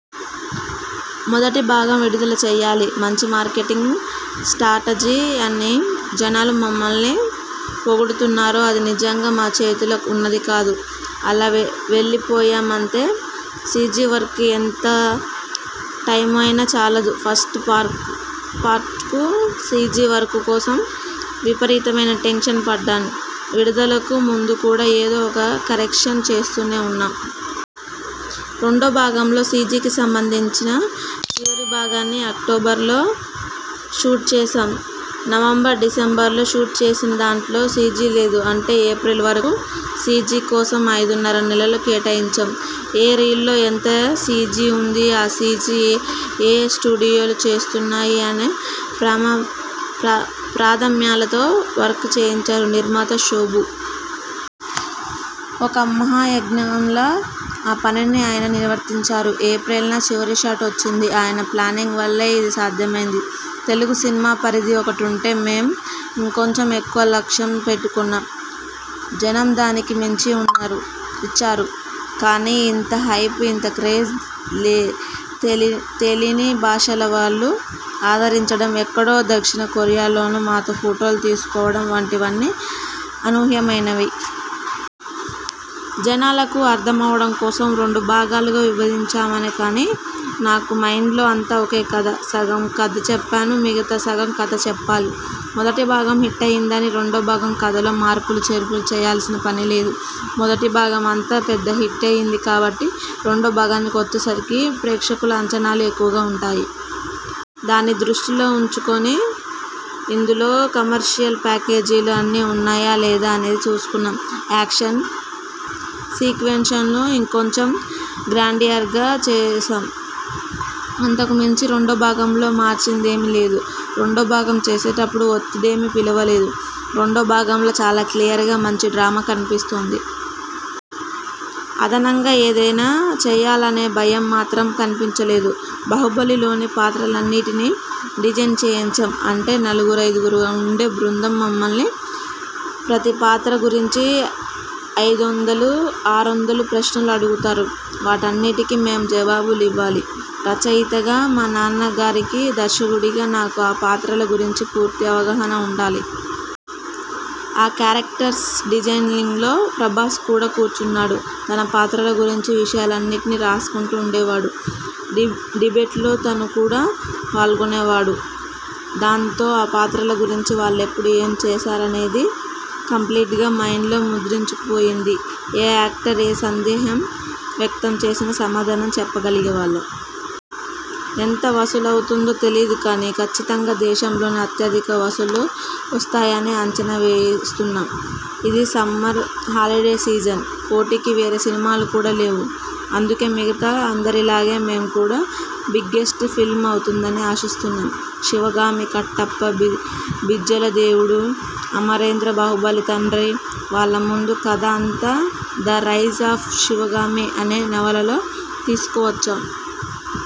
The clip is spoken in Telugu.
మొదటి భాగం విడుదల చేయాలి. మంచి మార్కెటింగ్ స్ట్రాటజీ అని జనాలు మమ్మల్ని పొగుడుతున్నారో అది నిజంగా మా చేతిలో ఉన్నది కాదు. అలా వెళ్లిపోయామంతే. సీజీ వర్క్కు ఎంత టైమైనా చాలదు. ఫస్ట్ పార్ట్కు సీజీ వర్క్ కోసం విపరీతమైన టెన్షన్ పడ్డాను. విడుదలకు ముందు కూడా ఏదో ఒక కరెక్షన్ చేస్తూనే ఉన్నాం. రెండో భాగంలో సీజీకి సంబంధించిన చివరి భాగాన్ని అక్టోబర్లో షూట్ చేశాం. నవంబర్, డిసెంబర్లో షూట్ చేసినదాంట్లో సీజీ లేదు. అంటే ఏప్రిల్ వరకు సీజీ కోసం ఐదున్నర నెలలు కేటాయించాం. ఏ రీల్లో ఎంత సీజీ ఉంది, ఆ సీజీ ఏయే స్టూడియోలు చేస్తున్నాయి అనే ప్రాధమ్యాలతో వర్క్ చేయించారు నిర్మాత శోభు. ఒక మహాయజ్ఞంలా ఆ పనిని ఆయన నిర్వర్తించారు. ఏప్రిల్ న చివరి షాట్ వచ్చింది. ఆయన ప్లానింగ్ వల్లే ఇది సాధ్యమైంది. తెలుగు సినిమా పరిధి ఒకటుంటే, మేం ఇంకొంచెం ఎక్కువ లక్ష్యం పెట్టుకొన్నాం. జనం దానికి మించి ఇచ్చారు. కానీ ఇంత హైప్, ఇంత క్రేజ్, తెలీని భాషల వాళ్లూ ఆదరించడం, ఎక్కడో దక్షిణ కొరియాలోనూ మాతో ఫొటోలు తీసుకోవడం వంటివన్నీ అనూహ్యమైనవి. జనాలకు అర్థమవడం కోసం రెండు భాగాలుగా విభజించామే కానీ, నాకు మైండ్లో అంతా ఒకే కథ. సగం కథ చెప్పాను మిగతా సగం కథ చెప్పాలి. మొదటి భాగం హిట్టయ్యిందని రెండో భాగం కథలో మార్పులు చేర్పులూ చేయాల్సిన పనిలేదు. మొదటి భాగం అంత పెద్ద హిట్టయ్యింది కాబట్టి రెండో భాగానికి వచ్చేసరికి ప్రేక్షకుల అంచనాలు ఎక్కువగా ఉంటాయి. దాన్ని దృష్టిలో ఉంచుకొని ఇందులో కమర్షియల్ ప్యాకేజీలు అన్నీ ఉన్నాయా, లేదా అనేది చూసుకున్నాం. యాక్షన్ సీక్వెన్స్లను ఇంకొంచెం గ్రాండియర్గా చేశాం. అంతకు మించి రెండో భాగంలో మార్చిందేమీ లేదు. రెండో భాగం చేసేప్పుడు ఒత్తిడేమీ ఫీలవలేదు. రెండో భాగంలో చాలా క్లియర్గా మంచి డ్రామా కనిపిస్తోంది. అదనంగా ఏదైనా చెయ్యాలనే భయం మాత్రం కనిపించలేదు. 'బాహుబలి'లోని పాత్రలనన్నింటినీ డిజైన్ చేయించాం. అంటే నలుగురైదుగురు ఉండే బృందం మమ్మల్ని ప్రతి పాత్ర గురించీ ఐదొందలు, ఆరొందల ప్రశ్నలు అడుగుతారు. వాటన్నింటికీ మేం జవాబులివ్వాలి. రచయితగా మా నాన్నగారికీ, దర్శకుడిగా నాకూ ఆ పాత్రల గురించి పూర్తి అవగాహన ఉండాలి. ఆ కేరక్టర్స్ డిజైనింగ్లో ప్రభాస్ కూడా కూర్చున్నాడు. తన పాత్రల గురించిన విషయాలన్నింటినీ రాసుకుంటూ ఉండేవాడు. డిబేట్లో తను కూడా పాల్గొనేవాడు. దాంతో ఆ పాత్రల గురించి, వాళ్లెప్పుడు ఏం చేస్తారనేది కంప్లీట్గా మైండ్లో ముద్రించుకుపోయింది. ఏ యాక్టర్ ఏ సందేహం వ్యక్తం చేసినా, సమాధానం చెప్పగలిగేవాళ్లం. ఎంత వసూలవుతుందో తెలీయదు కానీ, కచ్చితంగా దేశంలోనే అత్యధిక వసూళ్లు వస్తాయని అంచనా వేస్తున్నాం. ఇది సమ్మర్ హాలిడే సీజన్. పోటీకి వేరే సినిమాలు కూడా లేవు. అందుకే మిగతా అందరిలాగే మేం కూడా బిగ్గెస్ట్ ఫిల్మ్ అవుతుందని ఆశిస్తున్నాం. శివగామి, కట్టప్ప, బిజ్జలదేవుడు, అమరేంద్ర బాహుబలి తండ్రి, వాళ్ల ముందు కథ అంతా 'ద రైజ్ ఆఫ్ శివగామి' అనే నవలలో తీసుకు వచ్చాం.